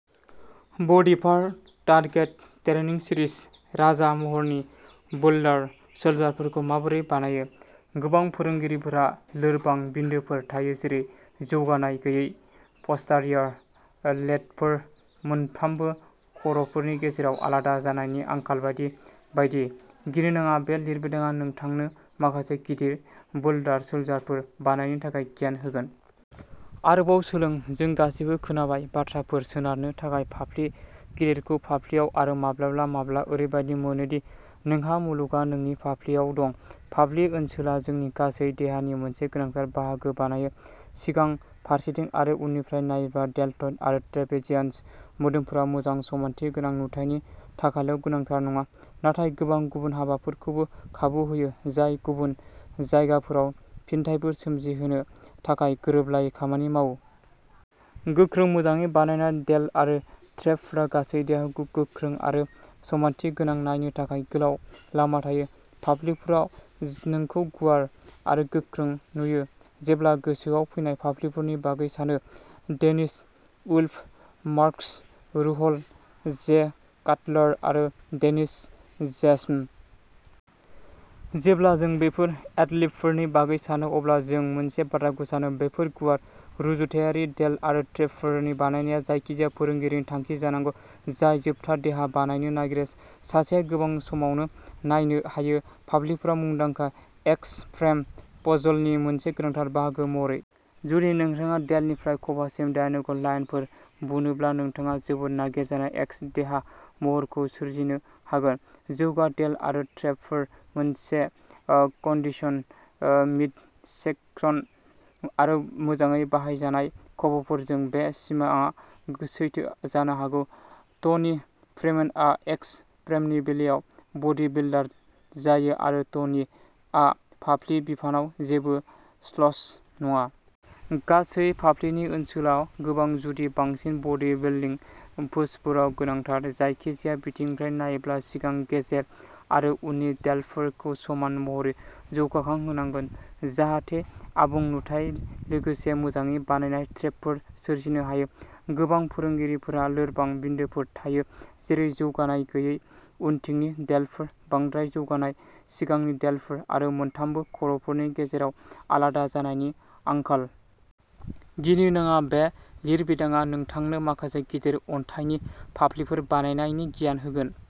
Body part target training series राजा महरनि boulder शोल्डारफोरखौ माबोरै बानायो? गोबां फोरोंगिरिफोरहा लोरबां बिन्दोफोर थायो जेरै जौगानाय गैयै पस्टारियर डेल्टफोर, मोनथामबो खर'फोरनि गेजेराव आलादा जानायनि आंखाल बायदि बायदि। गिनो नाङा; बे लिरबिदांआ नोंथांनो माखासे गिदिर बोल्डर शोल्डारफोर बानायनो थाखाय गियान होगोन! आरोबाव सोलों। जों गासैबो खोनाबाय। बाथ्राफोरः सोनारनो थाखाय फाफ्लि, गिलिरखौ फाफ्लिआव, आरो माब्लाबा माब्लाबा ओरैबादि मोनो दि नोंहा मुलुगआ नोंनि फाफ्लिआव दं। फाफ्लि ओनसोला जोंनि गासै देहानि मोनसे गोनांथार बाहागो बानायो। सिगां, फारसेथिं आरो उननिफ्राय नायोब्ला, डेल्टइड आरो ट्रेपेजियास मोदोमफोरा मोजां समानथिगोनां नुथायनि थाखायल' गोनांथार नङा, नाथाय गोबां गुबुन हाबाफोरखौबो खाबु होयो जाय गुबुन जायगाफोराव फिनथायफोर सोमजिहोनो थाखाय गोरोबलायै खामानि मावो। गोख्रों, मोजाङै बानायनाय डेल्ट आरो ट्रेपफोरा गासै देहाखौ गोख्रों आरो समानथिगोनां नायनो थाखाय गोलाव लामा लायो। फाफ्लिफोरा नोंखौ गुवार आरो गोख्रों नुयो। जेब्ला गोसोआव फैनाय फाफ्लिफोरनि बागै सानो, Dennis Wolf, Marcus Ruhl, Jay काटलार, आरो डेनिस जेस्म? जेब्ला जों बेफोर एथलीफोरनि बागै सानो अब्ला जों मोनसे बाथ्राखौ सानोः बेफोर गुवार! रुजुथायारि डेल्ट आरो ट्रेपफोर बानायनाया जायखिजाया फोरोंगिरिनि थांखि जानांगौ जाय जोबथा देहा बानायनो नागिरो। सासेआ गोबां समावनो नायनो हायो। फाफ्लिफोराव मुंदांखा "एक्स फ्रेम" पजलनि मोनसे गोनांथार बाहागो महरै। जुदि नोंथाङा डेल्टनिफ्राय खफासिम डायगनल लाइनफोर बुनोब्ला, नोंथाङा जोबोद नागिरजानाय "एक्स" देहा महरखौ सोरजिनो हागोन। जौगा डेल्ट आरो ट्रेपफोर, मोनसे कन्डिशन्ड मिडसेकसन, आरो मोजाङै बानायनाय खफफोरजों, बे सिमांआ सैथो जानो हागौ। टनि फ्रीमेनआ एक्स फ्रेमनि बेलायाव बडीबिल्डार जायो आरो टनिआ फाफ्लि बिफानाव जेबो स्लच नङा। गासै फाफ्लिनि ओनसोला गोबां, जुदि बांसिन बडीबिल्डिं पोजफोराव गोनांथार। जायखिजाया बिथिंनिफ्राय नायोब्ला सिगां, गेजेर, आरो उननि डेल्टफोरखौ समान महरै जौगाहोनांगोन जाहाथे "आबुं नुथाइ" लोगोसे मोजाङै बानायनाय ट्रेपफोर सोरजिनो हायो। गोबां फोरोंगिरिफोरहा लोरबां बिन्दोफोर थायो जेरै जौगानाय गैयै उनथिंनि डेल्टफोर, बांद्राय जौगानाय सिगांनि डेल्टफोर, आरो मोनथामबो खर'फोरनि गेजेराव आलादा जानायनि आंखाल। गिनो नाङा; बे लिरबिदांआ नोंथांनो माखासे गिदिर अन्थाइनि फाफ्लिफोर बानायनायनि गियान होगोन!